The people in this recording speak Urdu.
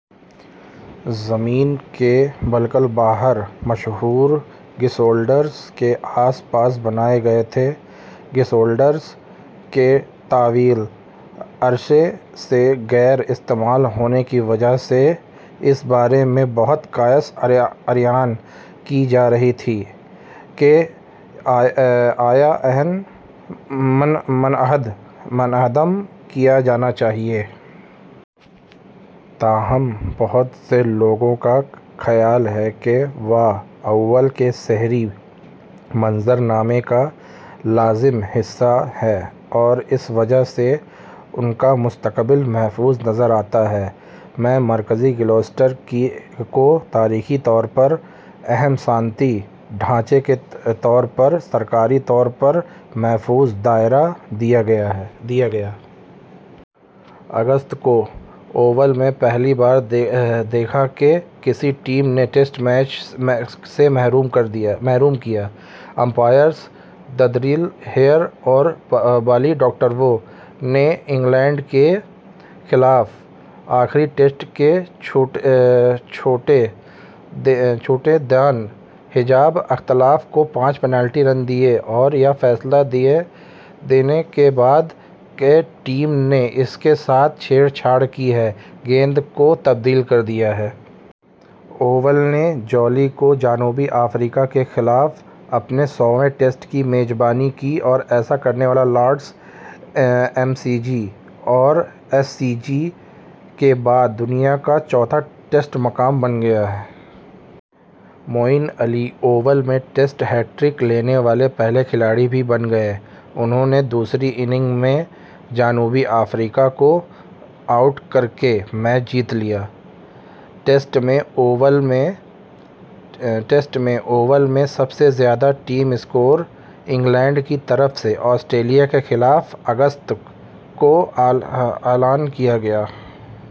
زمین کے بالکل باہر مشہور گیشولڈرز ء کے آس پاس بنائے گئے تھے۔ گیش ہولڈرز کے طویل عرصے سے غیر استعمال ہونے کی وجہ سے، اس بارے میں بہت قیاس آرائیاں کی جا رہی تھیں کہ آیا انھیں منہدم کیا جانا چاہیے۔ تاہم، بہت سے لوگوں کا خیال ہے کہ وہ اوول کے شہری منظر نامے کا ایک لازمی حصہ ہیں اور اس وجہ سے، ان کا مستقبل محفوظ نظر آتا ہے۔ ء میں مرکزی گیشولڈر کو تاریخی طور پر اہم صنعتی ڈھانچے کے طور پر سرکاری طور پر محفوظ درجہ دیا گیا۔ اگست ء کو، اوول نے پہلی بار دیکھا کہ کسی ٹیم نے ٹیسٹ میچ سے محروم کیا۔ امپائرز ڈیرل ہیئر اور بلی ڈاکٹرروو نے انگلینڈ کے خلاف آخری ٹیسٹ کے چوتھے دن حزب اختلاف کو پانچ پنالٹی رن دیے اور یہ فیصلہ دینے کے بعد کہ ٹیم نے اس کے ساتھ چھیڑ چھاڑ کی ہے، گیند کو تبدیل کر دیا۔ اوول نے جولائی ء کو جنوبی افریقہ کے خلاف اپنے سوویں ٹیسٹ کی میزبانی کی اور ایسا کرنے والا لارڈز، ایم سی جی اور ایس سی جی کے بعد دنیا کا چوتھا ٹیسٹ مقام بن گیا۔ معین علی اوول میں ٹیسٹ ہیٹ ٹرک لینے والے پہلے کھلاڑی بھی بن گئے، انھوں نے دوسری اننگز میں جنوبی افریقہ کو آؤٹ کر کے میچ جیت لیا۔ ٹیسٹ میں، اوول میں سب سے زیادہ ٹیم سکور / انگلینڈ کی طرف سے آسٹریلیا کے خلاف اگست ء کو اعلان کیا گیا۔